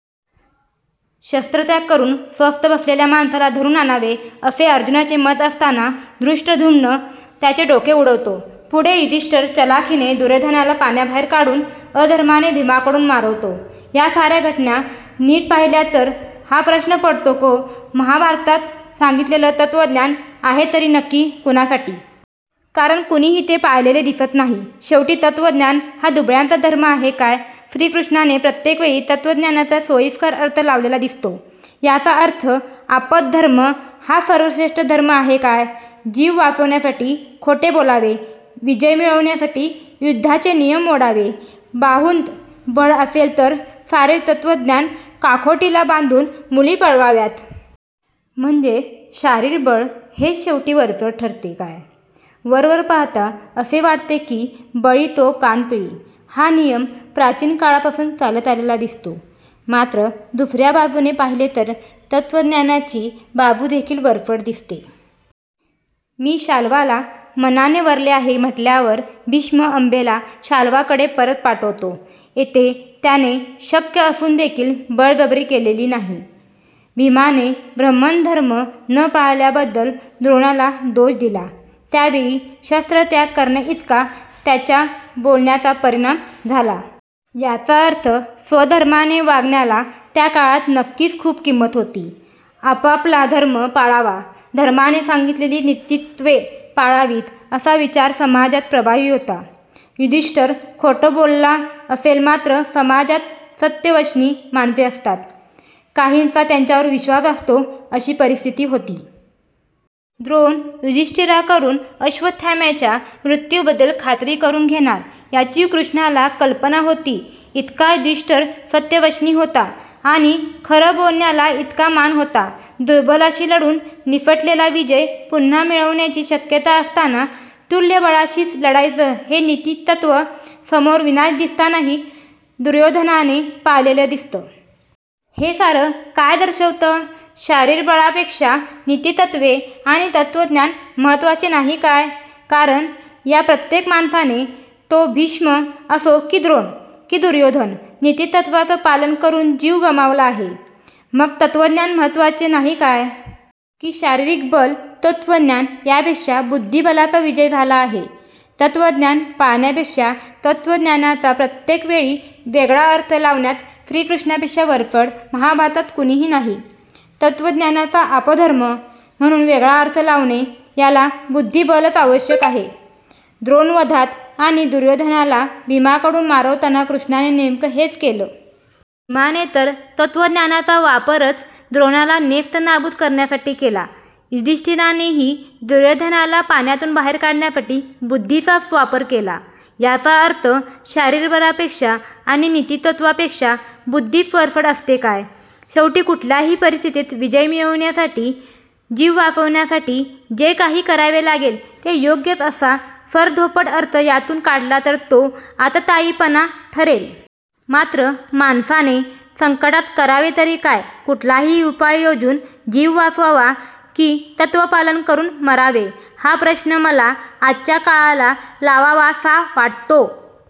शस्त्रत्याग करुन स्वस्थ बसलेल्या माणसाला धरुन आणावे असे अर्जुनाचे मत असताना धृष्टद्युम्न त्याचे डोके उडवतो. पुढे युधिष्ठीर चलाखिने दुर्योधनाला पाण्याबाहेर काढुन अधर्माने भीमाकडुन मारवतो. या सार्या घटना नीट पाहिल्या तर हा प्रश्न पडतो को महाभारतात सांगितलेलं तत्वज्ञान आहे तरी नक्की कुणासाठी? कारण कुणीही ते पाळलेले दिसत नाही. शेवटी तत्वज्ञान हा दुबळ्यांचा धर्म आहे काय? श्रीकृष्णाने प्रत्येकवेळी तत्वज्ञानाचा सोयीस्कर अर्थ लावलेला दिसतो. याचा अर्थ आपदधर्म हाच सर्वश्रेष्ठ धर्म आहे काय? जीव वाचविण्यासाठी खोटे बोलावे, विजय मिळविण्यासाठी युद्धाचे नियम मोडावे, बाहुंत बळ असेल तर सारे तत्वज्ञान काखोटीला बांधुन मुली पळवाव्यात. म्हणजे शारीर बळ हेच शेवटी वरचढ ठरते काय? वरवर पाहता असे वाटते कि बळी तो कान पिळी हा नियम प्राचिन काळापासुन चालत आलेला दिसतो. मात्र दुसर्या बाजुने पाहीले तर तत्वज्ञानाची बाजुदेखिल वरचढ दिसते. मी शाल्वाला मनाने वरले आहे म्हटल्यावर भीष्म अंबेला शाल्वाकडे परत पाठवतो. येथे त्याने शक्य असुनदेखिल बळजबरी केलेली नाही. भीमाने ब्रह्मणधर्म न पाळल्याबद्दल द्रोणाला दोष दिला त्यावेळी शस्त्र त्याग करण्याइतका त्याच्या बोलण्याचा परिणाम झाला. याचा अर्थ स्वधर्माने वागण्याला त्या काळात नक्कीच खुप किंमत होती. आपापला धर्म पाळावा, धर्माने सांगितलेली नीतीत्त्वे पाळावीत असा विचार समाजात प्रभावी होता. युधिष्ठीर खोटं बोलला असेल मात्र समाजात सत्यवचनी माणसे असतात. काहींचा त्यांच्यावर विश्वास असतो अशी परिस्थीती होती. द्रोण युधिष्ठीराकडुन अश्वत्थाम्याच्या मृत्युबद्दल खात्री करुन घेणार याची कृष्णाला कल्पना होती, इतका युधिष्ठीर सत्यवचनी होता आणि खरं बोलण्याला इतका मान होता. दुर्बलाशी लढुन निसटलेला विजय पुन्हा मिळण्याची शक्यता असताना तुल्यबळाशीच लढायचं हे नीतीतत्व समोर विनाश दिसतानाही दुर्योधनाने पाळलेलं दिसतं. हे सारं काय दर्शवतं? शारीरबळापेक्षा नीतीतत्वे आणि तत्वज्ञान महत्वाचे नाही काय? कारण या प्रत्येक माणसाने, तो भीष्म असो कि द्रोण कि दुर्योधन, नीतीतत्वाचं पालन करुन जीव गमावला आहे. मग तत्वज्ञान महत्वाचे नाही काय? कि शारिरीक बल, तत्वज्ञान यापेक्षा बुद्धीबलाचा विजय झाला आहे? तत्वज्ञान पाळण्यापेक्षा तत्वज्ञानाचा प्रत्येक वेळी वेगळा अर्थ लावण्यात श्रीकृष्णापेक्षा वरचढ महाभारतात कुणीही नाही. तत्वज्ञानाचा आपद्धर्म म्हणुन वेगळा अर्थ लावणे याला बुद्धीबलच आवश्यक आहे. द्रोणवधात आणि दुर्योधनाला भीमाकडुन मारवताना कृष्णाने नेम़कं हेच केलं. भीमाने तर तत्वज्ञानाचा वापरच द्रोणाला नेस्तनाबुत करण्यासाठी केला. युधिष्ठीरानेही दुर्योधनाला पाण्यातुन बाहेर काढण्यासाठी बुद्धीचाच वापर केला. याचा अर्थ शारीर बलापेक्षा आणि नीतीत्वापेक्षा बुद्धीच वरचढ असते काय? शेवटी कुठल्याही परिस्थीतीत विजय मिळविण्यासाठी, जीव वाचविण्यासाठी जे काही करावे लागेल ते योग्यच असा सरधोपट अर्थ यातुन काढला तर तो आततायिपणा ठरेल. मात्र माणसाने संकटात करावे तरी काय? कुठलाही उपाय योजुन जीव वाचवावा? कि तत्वपालन करुन मरावे? हा प्रश्न मला आजच्या काळाला लावावासा वाटतो.